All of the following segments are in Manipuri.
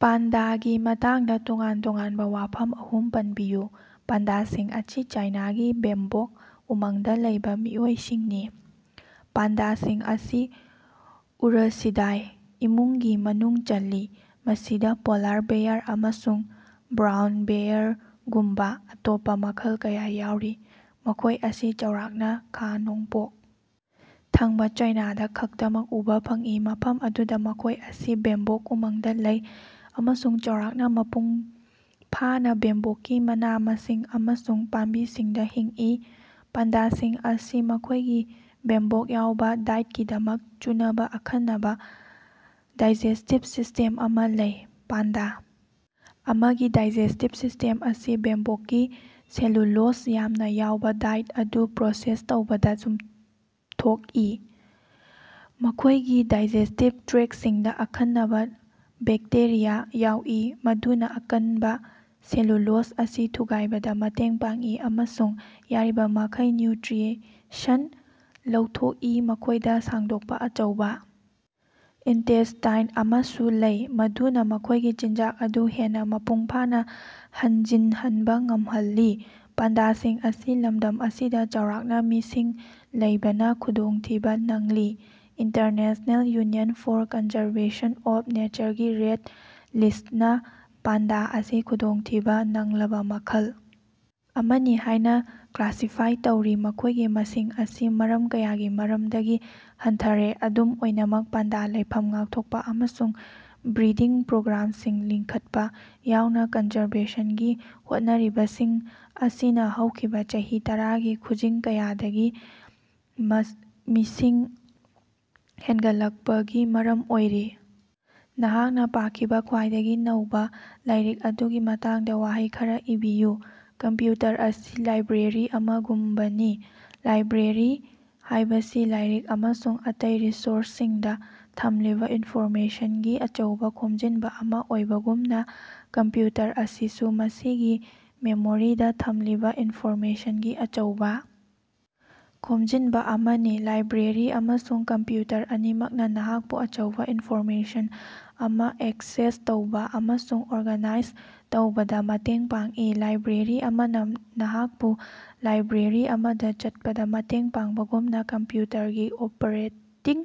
ꯄꯥꯟꯗꯥꯒꯤ ꯃꯇꯥꯡꯗꯥ ꯇꯣꯉꯥꯟ-ꯇꯣꯉꯥꯟꯕꯥ ꯋꯥꯐꯝ ꯑꯍꯨꯝ ꯄꯟꯕꯤꯌꯨ꯫ ꯄꯥꯟꯗꯥꯁꯤꯡ ꯑꯁꯤ ꯆꯥꯏꯅꯥꯒꯤ ꯕꯦꯝꯕꯣꯛ ꯎꯃꯪꯗꯥ ꯂꯩꯕꯥ ꯃꯤꯑꯣꯏꯁꯤꯡꯅꯤ꯫ ꯄꯥꯟꯗꯥꯁꯤꯡ ꯑꯁꯤ ꯎꯔꯁꯤꯗꯥꯏ ꯏꯃꯨꯡꯒꯤ ꯃꯅꯨꯡ ꯆꯜꯂꯤ, ꯃꯁꯤꯗꯥ ꯄꯣꯂꯥꯔ ꯕꯦꯌꯥꯔ ꯑꯃꯁꯨꯡ ꯕ꯭ꯔꯥꯎꯟ ꯕꯦꯌꯔꯒꯨꯝꯕꯥ ꯑꯇꯣꯞꯄꯥ ꯃꯈꯜ ꯀꯌꯥ ꯌꯥꯎꯔꯤ꯫ ꯃꯈꯣꯏ ꯑꯁꯤ ꯆꯥꯎꯔꯥꯛꯅꯥ ꯈꯥ-ꯅꯣꯡꯄꯣꯛ ꯊꯪꯕꯥ ꯆꯥꯏꯅꯥꯗ ꯈꯛꯇꯃꯛ ꯎꯕꯥ ꯐꯪꯏ ꯃꯐꯝ ꯑꯗꯨꯗꯥ ꯃꯈꯣꯏ ꯑꯁꯤ ꯕꯦꯝꯕꯣꯛ ꯎꯃꯪꯗꯥ ꯂꯩ ꯑꯃꯁꯨꯡ ꯆꯥꯎꯔꯥꯛꯅꯥ ꯃꯄꯨꯡꯐꯥꯅꯥ ꯕꯦꯝꯕꯣꯛꯀꯤ ꯃꯅꯥ-ꯃꯁꯤꯡ ꯑꯃꯁꯨꯡ ꯄꯥꯝꯕꯤꯁꯤꯡꯗꯥ ꯍꯤꯡꯏ꯫ ꯄꯥꯟꯗꯥꯁꯤꯡ ꯑꯁꯤ ꯃꯈꯣꯏꯒꯤ ꯕꯦꯝꯕꯣꯛ ꯌꯥꯎꯕꯥ ꯗꯥꯏꯠꯀꯤꯗꯃꯛ ꯆꯨꯅꯕꯥ ꯑꯈꯟꯅꯕꯥ ꯗꯥꯏꯖꯦꯁꯇꯤꯞ ꯁꯤꯁꯇꯦꯝ ꯑꯃꯥ ꯂꯩ꯫ ꯄꯥꯟꯗꯥ ꯑꯃꯒꯤ ꯗꯥꯏꯖꯦꯁꯇꯤꯞ ꯁꯤꯁꯇꯦꯝ ꯑꯁꯤ ꯕꯦꯝꯕꯣꯛꯀꯤ ꯁꯦꯂꯨꯂꯣꯖ ꯌꯥꯝꯅꯥ ꯌꯥꯎꯕꯥ ꯗꯥꯏꯠ ꯑꯗꯨ ꯄ꯭ꯔꯣꯁꯦꯁ ꯇꯧꯕꯗꯥ ꯆꯨꯝꯊꯣꯛꯏ꯫ ꯃꯈꯣꯏꯒꯤ ꯗꯥꯏꯖꯦꯁꯇꯤꯞ ꯇ꯭ꯔꯦꯛꯁꯤꯡꯗꯥ ꯑꯈꯟꯅꯕꯥ ꯕꯦꯛꯇꯦꯔꯤꯌꯥ ꯌꯥꯎꯏ ꯃꯗꯨꯅꯥ ꯑꯀꯟꯕꯥ ꯁꯦꯂꯨꯂꯣꯖ ꯑꯁꯤ ꯊꯨꯒꯥꯏꯕꯗꯥ ꯃꯇꯦꯡ ꯄꯥꯡꯏ ꯑꯃꯁꯨꯡ ꯌꯥꯔꯤꯕꯃꯈꯩ ꯅ꯭ꯌꯨꯇ꯭ꯔꯤꯁꯟ ꯂꯧꯊꯣꯛꯏ꯫ ꯃꯈꯣꯏꯗꯥ ꯁꯥꯡꯗꯣꯛꯄꯥ ꯑꯆꯧꯕꯥ ꯏꯟꯇꯦꯁꯇꯥꯏꯟ ꯑꯃꯁꯨ ꯂꯩ, ꯃꯗꯨꯅꯥ ꯃꯈꯣꯏꯒꯤ ꯆꯤꯟꯖꯥꯛ ꯑꯗꯨ ꯍꯦꯟꯅꯥ ꯃꯄꯨꯡꯐꯥꯅꯥ ꯍꯟꯖꯤꯟꯍꯟꯕꯥ ꯉꯝꯍꯜꯂꯤ꯫ ꯄꯥꯟꯗꯥꯁꯤꯡ ꯑꯁꯤ ꯂꯝꯗꯝ ꯑꯁꯤꯗꯥ ꯆꯥꯎꯔꯥꯛꯅꯥ ꯃꯤꯁꯤꯡ ꯂꯩꯕꯅꯥ ꯈꯨꯗꯣꯡꯊꯤꯕꯥ ꯅꯪꯂꯤ꯫ International union for conservation of ꯅꯦꯆꯔꯒꯤ ꯔꯦꯠ ꯂꯤꯁꯅꯥ ꯄꯥꯟꯗꯥ ꯑꯁꯤ ꯈꯨꯗꯣꯡꯊꯤꯕꯥ ꯅꯪꯂꯕꯥ ꯃꯈꯜ ꯑꯃꯅꯤ ꯍꯥꯏꯅꯥ ꯀ꯭ꯂꯥꯁꯤꯐꯥꯏ ꯇꯧꯔꯤ, ꯃꯈꯣꯏꯒꯤ ꯃꯁꯤꯡ ꯑꯁꯤ ꯃꯔꯝ ꯀꯌꯥꯒꯤ ꯃꯔꯝꯗꯒꯤ ꯍꯟꯊꯔꯦ꯫ ꯑꯗꯨꯝ ꯑꯣꯏꯅꯃꯛ, ꯄꯥꯟꯗꯥ ꯂꯩꯐꯝ ꯉꯥꯛꯊꯣꯛꯄꯥ ꯑꯃꯁꯨꯡ ꯕ꯭ꯔꯤꯗꯤꯡ ꯄ꯭ꯔꯣꯒ꯭ꯔꯥꯝꯁꯤꯡ ꯂꯤꯡꯈꯠꯄꯥ ꯌꯥꯎꯅꯥ ꯀꯟꯖꯔꯕꯦꯁꯟꯒꯤ ꯍꯣꯠꯅꯔꯤꯕꯁꯤꯡ ꯑꯁꯤꯅꯥ ꯍꯧꯈꯤꯕꯥ ꯆꯍꯤ ꯇꯔꯥꯒꯤ ꯈꯨꯖꯤꯡ ꯀꯌꯥꯗꯒꯤ ꯃꯁ ꯃꯤꯁꯤꯡ ꯍꯦꯟꯒꯠꯂꯛꯄꯒꯤ ꯃꯔꯝ ꯑꯣꯏꯔꯤ꯫ ꯅꯍꯥꯛꯅꯥ ꯄꯥꯈꯤꯕꯥ ꯈ꯭ꯋꯥꯏꯗꯒꯤ ꯅꯧꯕꯥ ꯂꯥꯏꯔꯤꯛ ꯑꯗꯨꯒꯤ ꯃꯇꯥꯡꯗꯥ ꯋꯥꯍꯩ ꯈꯔꯥ ꯏꯕꯤꯌꯨ꯫ ꯀꯝꯄ꯭ꯌꯨꯇꯔ ꯑꯁꯤ ꯂꯥꯏꯕ꯭ꯔꯦꯔꯤ ꯑꯃꯒꯨꯝꯕꯅꯤ꯫ ꯂꯥꯏꯕ꯭ꯔꯦꯔꯤ ꯍꯥꯏꯕꯁꯤ ꯂꯥꯏꯔꯤꯛ ꯑꯃꯁꯨꯡ ꯑꯇꯩ ꯔꯤꯁꯣꯔꯁꯁꯤꯡꯗꯥ ꯊꯝꯂꯤꯕꯥ ꯏꯟꯐꯣꯔꯃꯦꯁꯟꯒꯤ ꯑꯆꯧꯕꯥ ꯈꯣꯝꯖꯤꯟꯕꯥ ꯑꯃꯥ ꯑꯣꯏꯕꯒꯨꯝꯅꯥ, ꯀꯝꯄ꯭ꯌꯨꯇꯔ ꯑꯁꯤꯁꯨ ꯃꯁꯤꯒꯤ ꯃꯦꯃꯣꯔꯤꯗꯥ ꯊꯝꯂꯤꯕꯥ ꯏꯟꯐꯣꯔꯃꯦꯁꯟꯒꯤ ꯑꯆꯧꯕꯥ ꯈꯣꯝꯖꯤꯟꯕꯥ ꯑꯃꯅꯤ꯫ ꯂꯥꯏꯕ꯭ꯔꯦꯔꯤ ꯑꯃꯁꯨꯡ ꯀꯝꯄ꯭ꯌꯨꯇꯔ ꯑꯅꯤꯃꯛꯅꯥ ꯅꯍꯥꯛꯄꯨ ꯑꯆꯧꯕꯥ ꯏꯟꯐꯣꯔꯃꯦꯁꯟ ꯑꯃꯥ ꯑꯦꯛꯁꯦꯁ ꯇꯧꯕꯥ ꯑꯃꯁꯨꯡ ꯑꯣꯔꯒꯥꯅꯥꯏꯖ ꯇꯧꯕꯗꯥ ꯃꯇꯦꯡ ꯄꯥꯡꯏ꯫ ꯂꯥꯏꯕ꯭ꯔꯦꯔꯤ ꯑꯃꯅꯥ ꯅꯍꯥꯛꯄꯨ ꯂꯥꯏꯕ꯭ꯔꯦꯔꯤ ꯑꯃꯗꯥ ꯆꯠꯄꯗꯥ ꯃꯇꯦꯡ ꯄꯥꯡꯕꯒꯨꯝꯅꯥ, ꯀꯝꯄ꯭ꯌꯨꯇꯔꯒꯤ ꯑꯣꯄꯔꯦꯇꯤꯡ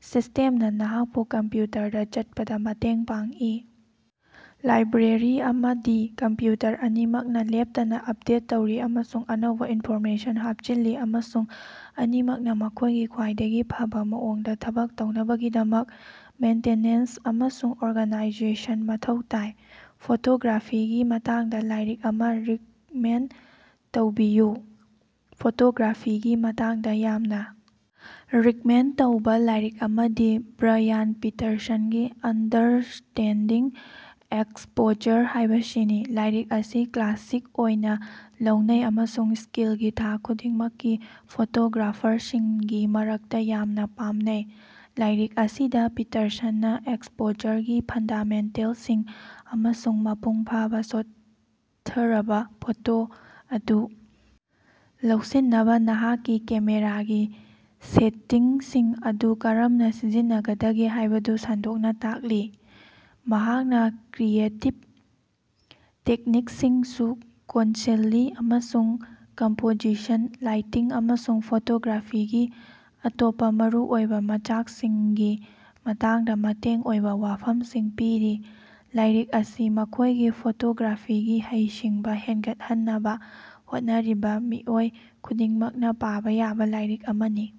ꯁꯤꯁꯇꯦꯝꯅꯥ ꯅꯍꯥꯛꯄꯨ ꯀꯝꯄ꯭ꯌꯨꯇꯔꯗꯥ ꯆꯠꯄꯗꯥ ꯃꯇꯦꯡ ꯄꯥꯡꯏ꯫ ꯂꯥꯏꯕ꯭ꯔꯦꯔꯤ ꯑꯃꯗꯤ ꯀꯝꯄ꯭ꯌꯨꯇꯔ ꯑꯅꯤꯃꯛꯅꯥ ꯂꯦꯞꯇꯅꯥ ꯑꯞꯗꯦꯠ ꯇꯧꯔꯤ ꯑꯃꯁꯨꯡ ꯑꯅꯧꯕꯥ ꯏꯟꯐꯣꯔꯃꯦꯁꯟ ꯍꯥꯞꯆꯤꯜꯂꯤ ꯑꯃꯁꯨꯡ ꯑꯅꯤꯃꯛꯅꯥ ꯃꯈꯣꯏꯒꯤ ꯈ꯭ꯋꯥꯏꯗꯒꯤ ꯐꯕꯥ ꯃꯑꯣꯡꯗꯥ ꯊꯕꯛ ꯇꯧꯅꯕꯒꯤꯗꯃꯛ ꯃꯦꯟꯇꯦꯅꯦꯟꯁ ꯑꯃꯁꯨꯡ ꯑꯣꯔꯒꯥꯅꯥꯏꯖꯦꯁꯟ ꯃꯊꯧ ꯇꯥꯏ꯫ ꯐꯣꯇꯣꯒ꯭ꯔꯥꯐꯤꯒꯤ ꯃꯇꯥꯡꯗꯥ ꯂꯥꯏꯔꯤꯛ ꯑꯃꯥ ꯔꯤꯛꯃꯦꯟ ꯇꯧꯕꯤꯌꯨ꯫ ꯐꯣꯇꯣꯒ꯭ꯔꯥꯐꯤꯒꯤ ꯃꯇꯥꯡꯗꯥ ꯌꯥꯝꯅꯥ ꯔꯤꯛꯃꯦꯟ ꯇꯧꯕꯥ ꯂꯥꯏꯔꯤꯛ ꯑꯃꯗꯤ ꯕ꯭ꯔꯌꯥꯟ ꯄꯤꯇꯔꯁꯟꯒꯤ ꯑꯟꯗꯔꯁ꯭ꯇꯦꯟꯗꯤꯡ ꯑꯦꯛꯁꯄꯣꯖꯔ ꯍꯥꯏꯕꯁꯤꯅꯤ꯫ ꯂꯥꯏꯔꯤꯛ ꯑꯁꯤ ꯀ꯭ꯂꯥꯁꯤꯛ ꯑꯣꯏꯅꯥ ꯂꯧꯅꯩ ꯑꯃꯁꯨꯡ ꯁ꯭ꯀꯤꯜꯒꯤ ꯊꯥꯛ ꯈꯨꯗꯤꯡꯃꯛꯀꯤ ꯐꯣꯇꯣꯒ꯭ꯔꯥꯐꯔꯁꯤꯡꯒꯤ ꯃꯔꯛꯇꯥ ꯌꯥꯝꯅꯥ ꯄꯥꯝꯅꯩ꯫ ꯂꯥꯏꯔꯤꯛ ꯑꯁꯤꯗꯥ ꯄꯤꯇꯔꯁꯟꯅꯥ ꯑꯦꯛꯁꯄꯣꯖꯔꯒꯤ ꯐꯟꯗꯥꯃꯦꯟꯇꯦꯜꯁꯤꯡ ꯑꯃꯁꯨꯡ ꯃꯄꯨꯡ ꯐꯥꯕꯥ ꯁꯣꯠꯊꯔꯕꯥ ꯐꯣꯇꯣ ꯑꯗꯨ ꯂꯧꯁꯤꯟꯅꯕꯥ ꯅꯍꯥꯛꯀꯤ ꯀꯦꯃꯦꯔꯥꯒꯤ ꯁꯦꯇꯤꯡꯁꯤꯡ ꯑꯗꯨ ꯀꯔꯝꯅꯥ ꯁꯤꯖꯤꯟꯅꯒꯗꯒꯦ ꯍꯥꯏꯕꯗꯨ ꯁꯟꯗꯣꯛꯅꯥ ꯇꯥꯛꯂꯤ꯫ ꯃꯍꯥꯛꯅꯥ ꯀ꯭ꯔꯤꯌꯦꯇꯤꯞ ꯇꯦꯛꯅꯤꯛꯁꯤꯡꯁꯨ ꯀꯣꯟꯁꯤꯜꯂꯤ ꯑꯃꯁꯨꯡ ꯀꯝꯄꯣꯖꯤꯁꯟ, ꯂꯥꯏꯇꯤꯡ ꯑꯃꯁꯨꯡ ꯐꯣꯇꯣꯒ꯭ꯔꯥꯐꯤꯒꯤ ꯑꯇꯣꯞꯄꯥ ꯃꯔꯨꯑꯣꯏꯕꯥ ꯃꯆꯥꯛꯁꯤꯡꯒꯤ ꯃꯇꯥꯡꯗꯥ ꯃꯇꯦꯡ ꯑꯣꯏꯕꯥ ꯋꯥꯐꯝꯁꯤꯡ ꯄꯤꯔꯤ꯫ ꯂꯥꯏꯔꯤꯛ ꯑꯁꯤ ꯃꯈꯣꯏꯒꯤ ꯐꯣꯇꯣꯒ꯭ꯔꯥꯐꯤꯒꯤ ꯍꯩꯁꯤꯡꯕꯥ ꯍꯦꯟꯒꯠꯍꯟꯅꯕꯥ ꯍꯣꯠꯅꯔꯤꯕꯥ ꯃꯤꯑꯣꯏ ꯈꯨꯗꯤꯡꯃꯛꯅꯥ ꯄꯥꯕꯥ ꯌꯥꯕꯥ ꯂꯥꯏꯔꯤꯛ ꯑꯃꯅꯤ꯫